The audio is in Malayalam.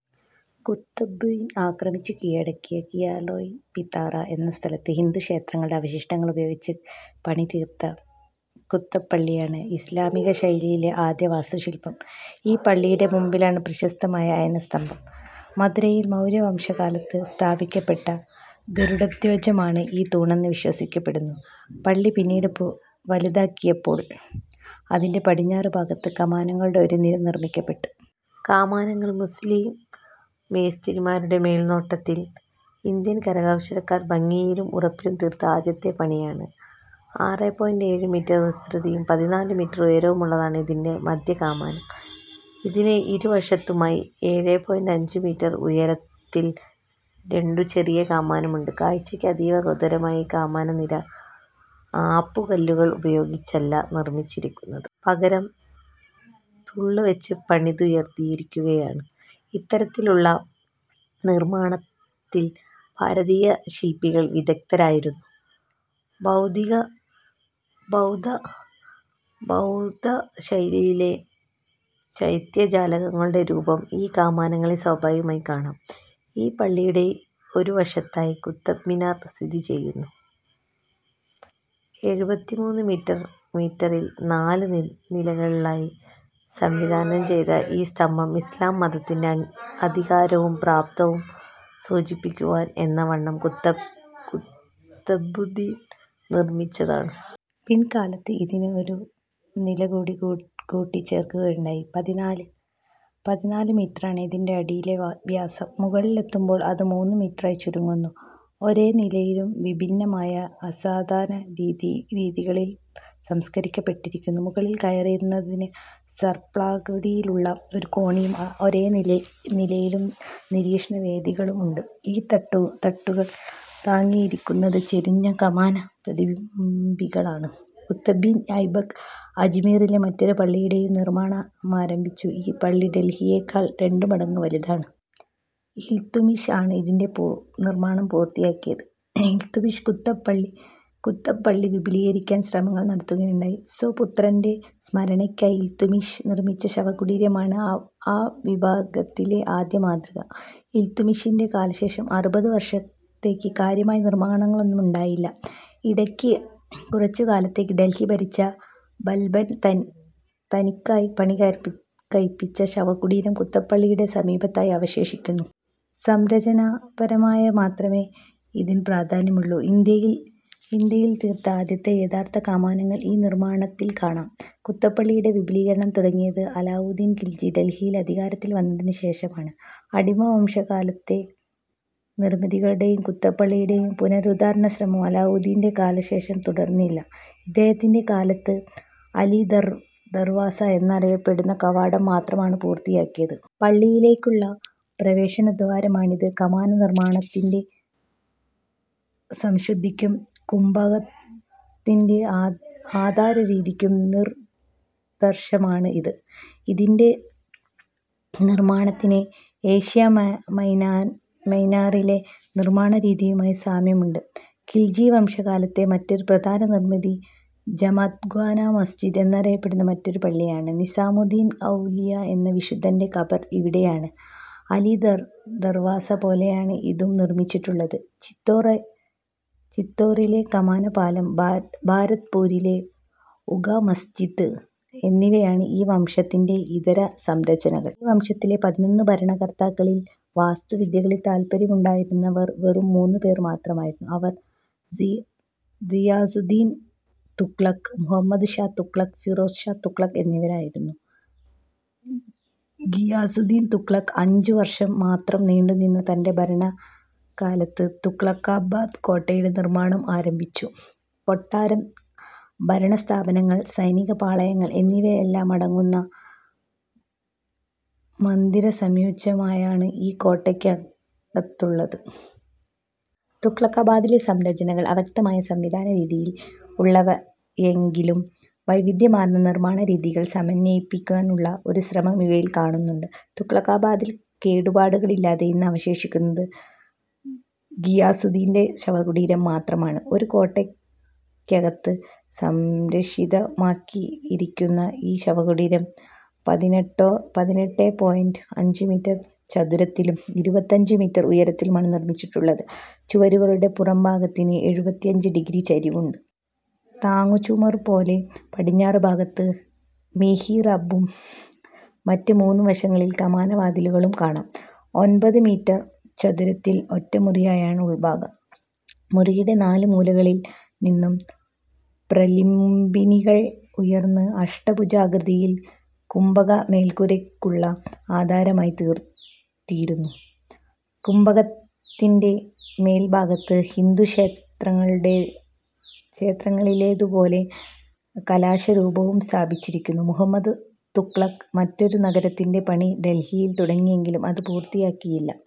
കുത്തബുദ്ദീൻ ആക്രമിച്ചു കീഴടക്കിയ കിലാറായ്പിത്തോറ എന്ന സ്ഥലത്ത് ഹിന്ദുക്ഷേത്രങ്ങളുടെ അവശിഷ്ടങ്ങൾ ഉപയോഗിച്ച് പണിതീർത്ത കുത്തബ് പള്ളിയാണ് ഇസ്ലാമികശൈലിയിലെ ആദ്യവാസ്തുശില്പം. ഈ പള്ളിയുടെ മുമ്പിലാണ് പ്രസിദ്ധമായ് അയസ്തംഭം. മഥുരയിൽ മൗര്യവംശകാലത്ത് സ്ഥാപിക്കപ്പെട്ട ഗരുഡധ്വജമാണ് ഈ തൂണെന്ന് വിശ്വസിക്കപ്പെടുന്നു. പള്ളി പിന്നീട് വലുതാക്കിയപ്പോൾ അതിന്റെ പടിഞ്ഞാറുഭാഗത്ത് കമാനങ്ങളുടെ ഒരു നിര നിർമ്മിക്കപ്പെട്ടു. കമാനങ്ങൾ മുസ്ലീം മേസ്തിരിമാരുടെ മേൽനോട്ടത്തിൽ ഇന്ത്യൻ കരകൗശലക്കാർ ഭംഗിയിലും ഉറപ്പിലും തീർത്ത ആദ്യത്തെ പണിയാണ്. ആറേ പോയിന്റ് ഏഴ് മീറ്റർ വിസ്തൃതിയും പതിനാല് മീറ്റർ ഉയരവുമുള്ളതാണ് ഇതിന്റെ മദ്ധ്യകമാനം. ഇതിനു രണ്ടുവശത്തുമായി ഏഴേ പോയിന്റ് അഞ്ചു മീറ്റർ ഉയരത്തിൽ രണ്ടു ചെറിയ കമാനങ്ങളുമുണ്ട്. കാഴ്ചക്ക് അതീവ കൗതുകകരമായ ഈ കമാനനിര ആപ്പുകല്ലുകൾ ഉപയോഗിച്ചല്ല നിർമിച്ചിരിക്കുന്നത്. പകരം തള്ളുവച്ച് പണിതുയർത്തിയിരിക്കുകയാണ്. ഇത്തരത്തിലുള്ള നിർമ്മാണത്തിൽ ഭാരതീയ ശില്പികൾ വിദഗ്ദ്ധരായിരുന്നു. ബൗദ്ധ ബൗദ്ധ ബൗദ്ധശൈലിയിലെ ചൈത്യജാലകങ്ങളുടെ രൂപം ഈ കമാനങ്ങളിൽ സ്വാഭാവികമായും കാണാം. ഈ പള്ളിയുടെ ഒരുവശത്തായി കുത്തബ്മീനാർ സ്ഥിതിചെയ്യുന്നു. എഴുപത്തിമൂന്ന് മീറ്ററിൽ നാലു നിലകളിലായി സംവിധാനംചെയ്ത ഈ സ്തംഭം ഇസ്ലാം മതത്തിന്റെ അധികാരവും പ്രാപ്തവും സൂചിപ്പിക്കുവാൻ എന്ന വണ്ണം കുത്തബുദ്ദീൻ നിർമിച്ചതാണ്. പിൽക്കാലത്ത് ഇതിന് ഒരു നിലകൂടി കൂട്ടിച്ചേർക്കുകയുണ്ടായി. പതിനാല് മീറ്ററാണ് ഇതിന്റെ അടിയിലെ വ്യാസം. മുകളിലെത്തുമ്പോൾ അതു മൂന്നു മീറ്ററായി ചുരുങ്ങുന്നു. ഓരോനിലയും വിഭിന്നമായ പ്രസാധനരീതികളിൽ സംസ്കരിക്കപ്പെട്ടിരിക്കുന്നു. മുകളിൽ കയറുന്നതിന് സർപ്പിളാകൃതിയിലുള്ള ഒരു കോണിയും ഓരോനിലയിലും നിരീക്ഷണവേദികളും ഉണ്ട്. ഈ തട്ടുകൾ തങ്ങിയിരികുന്നത് ചരിഞ്ഞ കമാനപ്രലംബിനികളാണ്. കുത്തബുദ്ദീൻ ഐബക്ക് അജ്മീറിൽ മറ്റൊരു പള്ളിയുടേയും നിർമ്മാണമാരംഭിച്ചു ഈപള്ളി ഡൽഹിയിലെക്കാൾ രണ്ടുമടങ്ങു വലുതാണ്. ഇൽത്തുമിഷ് ആണ് ഇതിന്റെ നിർമ്മാണം പൂർത്തിയാക്കിയത്. ഇൽത്തുമിഷ് കുത്തബ്പള്ളി വിപുലീകരിക്കാൻ ശ്രമങ്ങൾ നടത്തുകയുണ്ടായി. സ്വപുത്രന്റെ സ്മരണക്കായി ഇൽത്തുമിഷ് നിർമിച്ച ശവകുടീരമാണ് ആവിഭാഗത്തിലെ ആദ്യമാതൃക. ഇൽത്തുമിഷിന്റെ കാലശേഷം അറുപത് വർഷത്തേക്ക് കാര്യമായ നിർമ്മാണങ്ങളൊന്നും ഉണ്ടായില്ല. ഇടയ്ക്കു കുറച്ചുകാലത്തേക്കു ഡൽഹി ഭരിച്ച ബാൽബൻ തനിക്കായി പണികഴിപ്പിച്ച ശവകുടീരം കുത്തബ്പള്ളിയുടെ സമീപത്തായി അവശേഷിക്കുന്നു. സംരചനാപരമായി മാത്രമേ ഇതിനു പ്രാധാന്യമുള്ളു. ഇന്ത്യയിൽ തീർത്ത ആദ്യത്തെ യഥാർത്ഥ കമാനങ്ങൾ ഈ നിർമ്മാണത്തിൽ കാണാം. കുത്തബ്പള്ളിയുടെ വിപുലീകരണം തുടങ്ങിയത് അലാവുദീൻ കിൽജി ഡൽഹിയിൽ അധികാരത്തിൽ വന്നതിനു ശേഷമാണ്. അടിമവംശക്കാലത്തെ നിർമിതികളുടെയും കുത്തബ്പള്ളിയുടെയും പുനരുദ്ധാരണശ്രമം അലാവുദ്ദീന്റെ കാലശേഷം തുടർന്നില്ല. ഇദ്ദേഹത്തിന്റെ കാലത്ത് അലിദർവാസ എന്നറിയപ്പെടുന്ന കവാടം മാത്രമാണ് പൂർത്തിയായത്. പള്ളിയിലേക്കുള്ള പ്രവേശനദ്വാരമാണിത്. കമാനനിർമ്മാണത്തിന്റെ സംശുദ്ധിക്കും കുംഭകത്തിന്റെ ആധാരരീതിക്കും നിദർശമാണ് ഇത്. ഇതിന്റെ നിർമ്മാണത്തിന് ഏഷ്യാമൈനറിലെ നിർമ്മാണ രീതിയുമായി സാമ്യമുണ്ട്. കിൽജിവംശകാലത്തെ മറ്റൊരു പ്രധാനനിർമിതി ജമത്ഖാന മസ്ജിത് എന്നറിയപ്പെടുന്ന മറ്റൊരുപള്ളിയാണ്. നിസാമുദ്ദീൻ ഔലിയ എന്ന വിശുദ്ധന്റെ കബർ ഇവിടെയാണ്. അലിദർവാസ പോലെയാണ് ഇതും നിർമിച്ചിട്ടുള്ളത്. ചിത്തോറിലെ കമാനപ്പാലം, ഭരത്പൂറിലെ ഉഖാമസ്ജിത്ത് എന്നിവയാണ് ഈ വംശത്തിന്റെ ഇതര സംരചനകൾ. ഈ വശത്തിലെ പതിനൊന്നു ഭരണകർത്താക്കളിൽ വാസ്തുവിദ്യയിൽ താല്പര്യമുണ്ടായിരുന്നവർ വെറും മൂന്നുപേർ മാത്രമായിരുന്നു. അവർ ഗിയാസുദ്ദിൻ തുഗ്ലക്, മുഹമ്മദ് ഷാ തുഗ്ലക്, ഫിറോസ് ഷാ തുഗ്ലക് എന്നിവരായിരുന്നു. ഗിയാസുദ്ദീൻ തുഗ്ലക് അഞ്ചു വർഷം മാത്രം നീണ്ടുനിന്ന തന്റെഭരണകാലത്ത് തുഗ്ലക്കാബാദ് കോട്ടയുടെ നിർമ്മാണം ആരംഭിച്ചു. കൊട്ടാരം, ഭരണസ്ഥാപനങ്ങൾ, സൈനികപ്പാളയങ്ങൾ എന്നിവയെല്ലാമടങ്ങുന്ന മന്ദിരസമുച്ചയമാണ് ഈ കോട്ടക്കകത്തുള്ളത്. തുഗ്ലക്കാബാദിലെ സംരചനകൾ വ്യക്തമായ സംവിധാനരീതിയിൽ ഉള്ളവയല്ലെങ്കിലും വൈവിദ്ധ്യമാർന്ന നിർമ്മാണരീതികൾ സമന്വയിപ്പിക്കാനുള്ള ഒരു ശ്രമം ഇവയിൽ കാണുന്നുണ്ട്. തുഗ്ലക്കാബാദിൽ കേടുപാടുകളില്ലാതെ ഇന്നവശേഷിക്കുന്നത് ഗിയാസുദ്ദീന്റെ ശവകുടീരം മാത്രമാണ്. ഒരു കോട്ടയ്ക്കകത്ത് സുരക്ഷിതമാക്കിയിരിക്കുന്ന ഈ ശവകുടീരം പതിനെട്ടേ പോയിന്റ് അഞ്ചു മീറ്റർ ചതുരത്തിലും ഇരുപത്തിയഞ്ചു മീറ്റർ ഉയരത്തിലുമാണ് നിർമിച്ചിരിക്കുന്നത്. ചുമരുകളുടെ പുറംഭാഗത്തിന് എഴുപത്തിഅഞ്ച് ഡിഗ്രി ചരിവുണ്ട്. താങ്ങുചുമർപോലെ പടിഞ്ഞാറുഭാഗത്ത് മിഹിറാബും മറ്റുമൂന്നുവശങ്ങളിൽ കമാനവാതിലുകളും കാണാം. ഒമ്പത് മീറ്റർ ചതുരത്തിൽ ഒറ്റമുറിയായാണ് ഉൾഭാഗം. മുറിയുടെ നാലുമൂലകളിൽ നിന്നും പ്രലംബിനികൾ ഉയർന്ന് അഷ്ടഭുജാകൃതിയിൽ കുംഭകമേൽപ്പുരക്കുള്ള ആധാരമായിത്തീരുന്നു. കുംഭകത്തിന്റെ മേൽഭാഗത്ത് ഹിന്ദുക്ഷേത്രങ്ങളിലേതുപോലെ കലശരൂപവും സ്ഥാപിച്ചിരിക്കുന്നു. മുഹമ്മദ് തുഗ്ലക്ക് മറ്റൊരുനഗരത്തിന്റെ പണി ഡൽഹിയിൽ തുടങ്ങിയെങ്കിലും അതു പൂർത്തിയാക്കിയില്ല.